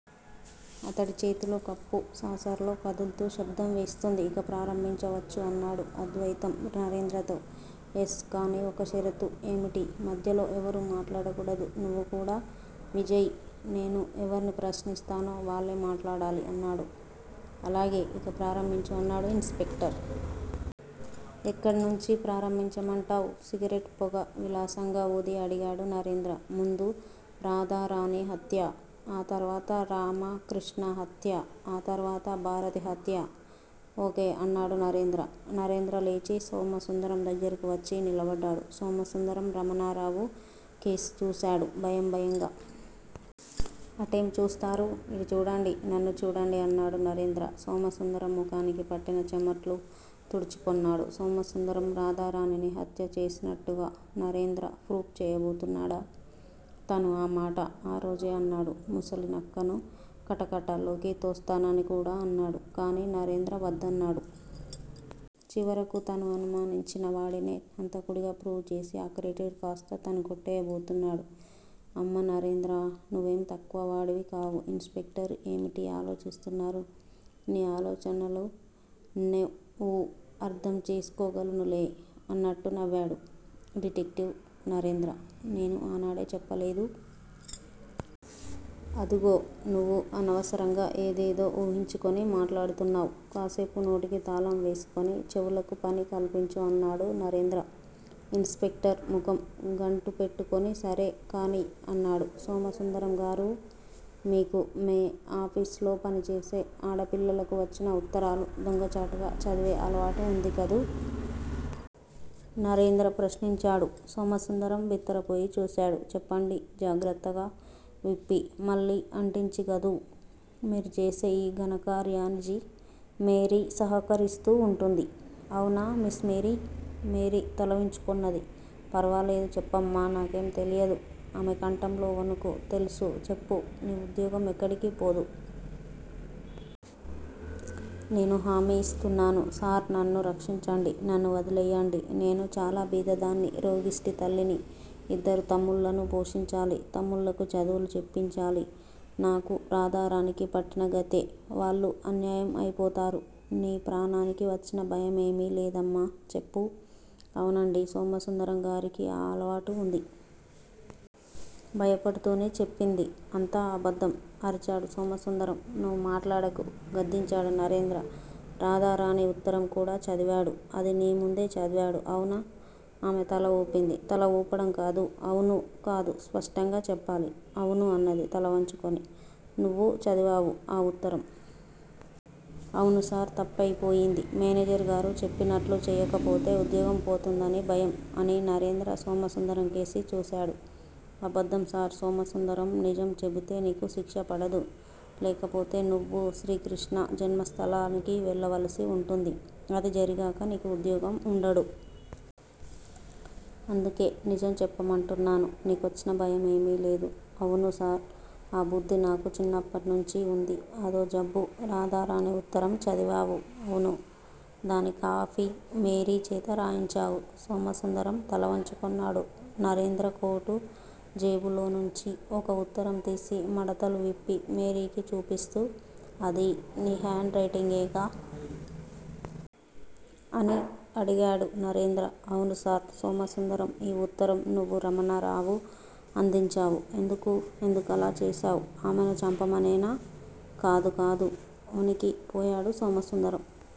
అతడి చేతిలో cup saucer లో కదుల్తూ శబ్దం వేస్తోంది. ఇక ప్రారంభించవచ్చు అన్నాడు అద్వయితం నరేంద్రతో. ఎస్. కాని ఒక్క షరతు ఏమిటి? మధ్యలో ఎవరూ మాట్లాడకూడదు. నువ్వుకూడా విజయ్ నేను ఎవర్ని ప్రశ్నిస్తానో వాళ్ళే మాట్లాడాలి అన్నాడు. అలాగే ఇక ప్రారంభించు అన్నాడు ఇన్స్ స్పెక్టర్. ఎక్కడ్నుంచి ప్రారంభించమంటావ్? సిగరెట్ పొగ విలాసంగా ఊది అడిగాడు నరేంద్ర. ముందు రాధారాణి హత్యా, ఆ తర్వాత రామకృష్ణ హత్యా ఆ తర్వాత భారతి హత్యా ఓ. కె. అన్నాడు నరేంద్ర. నరేంద్ర లేచి సోమసుందరం దగ్గరకు వచ్చి నిలబడ్డాడు. సోమసుందరం రమణారావు కేసి చూశాడు భయం భయంగా. అటేం చూస్తారు? ఇటు చూడండి. నన్ను చూడండి అన్నాడు నరేంద్ర. సోమసుందరం ముఖానికి పట్టిన చమట్లు- తుడుచుకొన్నాడు. సోమసుందరం రాధారాణిని హత్య చేసినట్టుగా నరేంద్ర ప్రూప్ చెయ్యబోతున్నాడా? తను ఆ మాట ఆ రోజే అన్నాడు. ముసలి నక్కను కటకటాల్లోకి తోస్తానని కూడా అన్నాడు. కాని నరేంద్ర వద్దన్నాడు. చివరకు తను అనుమానించిన వాడినే హంతకుడిగా ప్రూవ్ చేసి ఆ క్రెడిట్ కాస్తా తను కొట్టెయ్యబోతున్నాడు. అమ్మ నరేంద్రా! నువ్వేం తక్కువ వాడివికావు. ఇన్స్ స్పెక్టర్ ఏమిటి ఆలోచిస్తున్నారు, నీ ఆలోచనలు న్నెఉ అర్థం చేసుకోగలనులే అన్నట్టు నవ్వాడు డిటెక్టివ్ నరేంద్ర. నేను ఆనాడే చెప్పలేదూ? అదుగో! నువ్వు అనవసరంగా ఏదేదో ఊహించుకొని మాట్లాడుతున్నావ్. కాసేపు నోటికి తాళం వేసుకొని చెవులకు పని కల్పించు అన్నాడు నరేంద్ర. ఇన్స్ స్పెక్టర్ ముఖం గంటుపెట్టుకొని సరే, కానియ్! అన్నాడు సోమసుందరంగారూ? మీకు మే ఆఫీసులో పనిచేసే ఆడపిల్లలకు వచ్చిన ఉత్తరాలు దొంగచాటుగా చదివే అలవాటు ఉందికదూ? నరేంద్ర ప్రశ్నించాడు. సోమసుందరం బిత్తరపోయి చూశాడు. చెప్పండి జాగ్రత్తగా విప్పి, మళ్లీ అంటించి గదూ? మీరు చేసే ఈ ఘనకార్యానిజి మేరీ సహకరిస్తూ ఉంటుంది. ఆవునా మిస్ మేరీ? మేరీ తలవంచుకొన్నదీ. ఫర్వాలేదు చెప్పమ్మా నాకేం తెలియదు. ఆమె కంఠంలో ఒణుకు. తెలుసు, చెప్పు. నీ ఉద్యోగం ఎక్కడికీపోదు. నేను హామీ ఇస్తున్నాను. సార్ నన్ను రక్షించండి. నన్ను వదిలెయ్యండి. నేను చాలా బీదదాన్ని. రోగిష్టి తల్లినీ, ఇద్దరు తమ్ముళ్ళనూ పోషించాలి. తమ్ముళ్లకు చదువులు చెప్పించాలి. నాకూ రాధారాణికి పట్టిన గతే వాళ్ళు అన్యాయం అయిపోతారు. నీ ప్రాణానికి వచ్చిన భయం ఏమీ లేదమ్మా చెప్పు, అవునండీ సోమసుందరంగారికీ ఆ అలవాటు ఉంది. భయపడుతూనే చెప్పింది. అంతా అబద్దం! అరిచాడు సోమసుందరం. నువ్వు మాట్లాడకు. గద్దించాడు నరేంద్ర. రాధారాణి ఉత్తరం కూడా చదివాడు అది నీ ముందే చదివాడు. అవునా? ఆమె తల ఊపింది. తల ఊపడం కాదు. అవును. కాదు. స్పష్టంగా చెప్పాలి. అవును అన్నది తలవంచుకొని. నువ్వూ చదివావు ఆ ఉత్తరం. అవును సార్, తప్పయి పోయింది. మేనేజర్ గారు చెప్పినట్లు చెయ్యకపోతే ఉద్యోగం పోతుందని భయం. అని నరేంద్ర సోమసుందరంకేసి చూశాడు. అబద్దం సార్! సోమసుందరం! నిజం చెబితే నీకు శిక్షపడదు. లేకపోతే నువ్వూ శ్రీకృష్ణ జన్మస్థలానికి వెళ్ళవలసి ఉంటుంది. అది జరిగాక నీకు ఉద్యోగం ఉండడు. అందుకే నిజం చెప్పమంటున్నాను. నీకొచ్చిన భయం ఏమీలేదు. అవును సార్. ఆ బుద్ది నాకు చిన్నప్పట్నుంచీ ఉంది. అదో జబ్బు. రాధారాణి ఉత్తరం చదివావు. అవును! దాని కాపీ మేరీ చేత రాయించావు. సోమసుందరం తలవంచుకొన్నాడు. నరేంద్ర కోటు జేబులోనుంచి ఒక ఉత్తరం తీసి మడతలు విప్పి మేరీకి చూపిస్తూ అదీ నీ హండ్ రైటింగేగా? అని అడిగాడు నరేంద్ర. అవును సార్. సోమసుందరం ఈ ఉత్తరం నువ్వు రమణరావు అందించావు. ఎందుకు? ఎందుకలా చేశావ్? ఆమెను చంపమనేనా? కాదు, కాదు. ఒణికి పోయాడు సోమసుందరం.